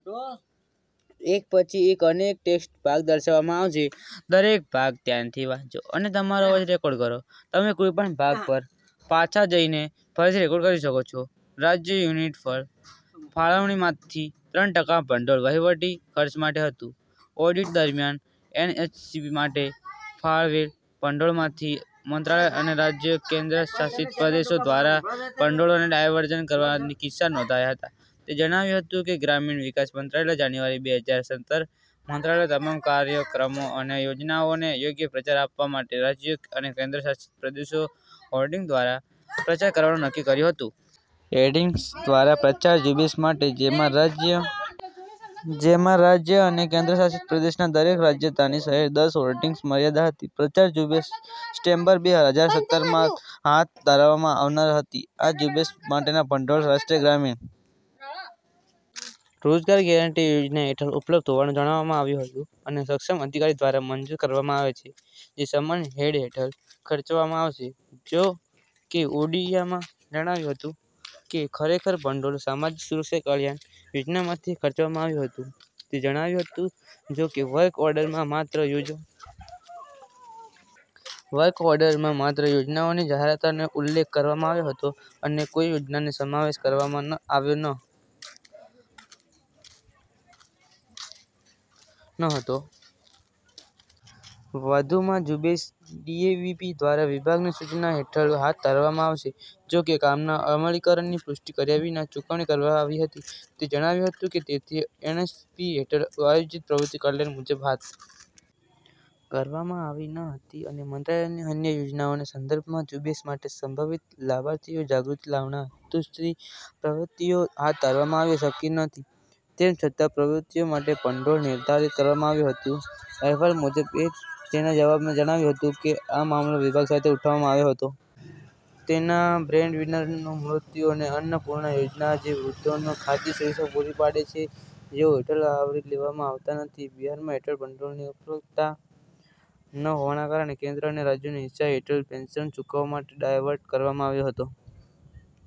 રાજ્ય/યુટીને કુલ ફાળવણીમાંથી ત્રણ ટકા ભંડોળ વહીવટી ખર્ચ માટે હતું. ઓડિટ દરમિયાન, એનએસએપી માટે ફાળવેલ ભંડોળમાંથી મંત્રાલય અને રાજ્યો/ કેન્દ્રશાસિત પ્રદેશો દ્વારા ભંડોળને ડાયવર્ઝન કરવાના કિસ્સા નોંધાયા હતા," તે જણાવ્યું હતું કે "ગ્રામીણ વિકાસ મંત્રાલયે જાન્યુઆરી બે હજાર સત્તરમાં મંત્રાલયના તમામ કાર્યક્રમો અને યોજનાઓને યોગ્ય પ્રચાર આપવા માટે રાજ્યો અને કેન્દ્રશાસિત પ્રદેશોમાં હોર્ડિંગ્સ દ્વારા પ્રચાર કરવાનું નક્કી કર્યું હતું. હોર્ડિંગ્સ દ્વારા પ્રચાર ઝુંબેશ માટે, જેમાં રાજ્ય અને કેન્દ્રશાસિત પ્રદેશના દરેક રાજધાની શહેરમાં દસ હોર્ડિંગ્સની મર્યાદા હતી. પ્રચાર ઝુંબેશ સપ્ટેમ્બર બે હજાર સત્તરમાં હાથ ધરવામાં આવનાર હતી. આ ઝુંબેશ માટેના ભંડોળ રાષ્ટ્રીય ગ્રામીણ રોજગાર ગેરંટી યોજના હેઠળ ઉપલબ્ધ હોવાનું જણાવવામાં આવ્યું હતું અને સક્ષમ અધિકારી દ્વારા મંજૂર કરવામાં આવે છે જે સમાન હેડ હેઠળ ખર્ચવામાં આવશે; જો કે, ઓડિટમાં જણાયું હતું કે ખરેખર ભંડોળ સામાજિક સુરક્ષા કલ્યાણ- યોજનાઓમાંથી ખર્ચવામાં આવ્યું હતું," તે જણાવ્યું હતું "જો કે, વર્ક ઓર્ડરમાં માત્ર યોજનાઓની જાહેરાતનો ઉલ્લેખ કરવામાં આવ્યો હતો અને કોઈ યોજનાઓનો સમાવેશ કરવામાં આવ્યો ન હતો. વધુમાં, ઝુંબેશ ડીએવીપી દ્વારા વિભાગને સૂચના હેઠળ હાથ ધરવામાં આવશે; જો કે, કામના અમલીકરણની પુષ્ટિ કર્યા વિના ચૂકવણી કરવામાં આવી હતી," તે જણાવ્યું હતું કે "તેથી, એનએસએપી હેઠળ આયોજિત પ્રવૃત્તિઓ કલ્પના મુજબ હાથ ધરવામાં આવી ન હતી અને મંત્રાલયની અન્ય યોજનાઓના સંદર્ભમાં ઝુંબેશ માટે સંભવિત લાભાર્થીઓમાં જાગૃતિ લાવવાના હેતુથી પ્રવૃત્તિઓ હાથ ધરવામાં આવી શકી નથી તેમ છતાં પ્રવૃત્તિઓ માટે ભંડોળ નિર્ધારિત કરવામાં આવ્યું હતું," અહેવાલ મુજબ, એ તેના જવાબમાં જણાવ્યું હતું કે આ મામલો વિભાગ સાથે ઉઠાવવામાં આવ્યો હતો. તેના બ્રેડવિનરનું મૃત્યુ, અને અન્નપૂર્ણા યોજના, જે વૃદ્ધોને ખાદ્ય સુરક્ષા પૂરી પાડે છે જેઓ હેઠળ આવરી લેવામાં આવતા નથી. બિહારમાં હેઠળ ભંડોળની ઉપલબ્ધતા ન હોવાને કારણે કેન્દ્ર અને રાજ્યનો હિસ્સા હેઠળ પેન્શન ચૂકવવા માટે ડાયવર્ટ કરવામાં આવ્યો હતો.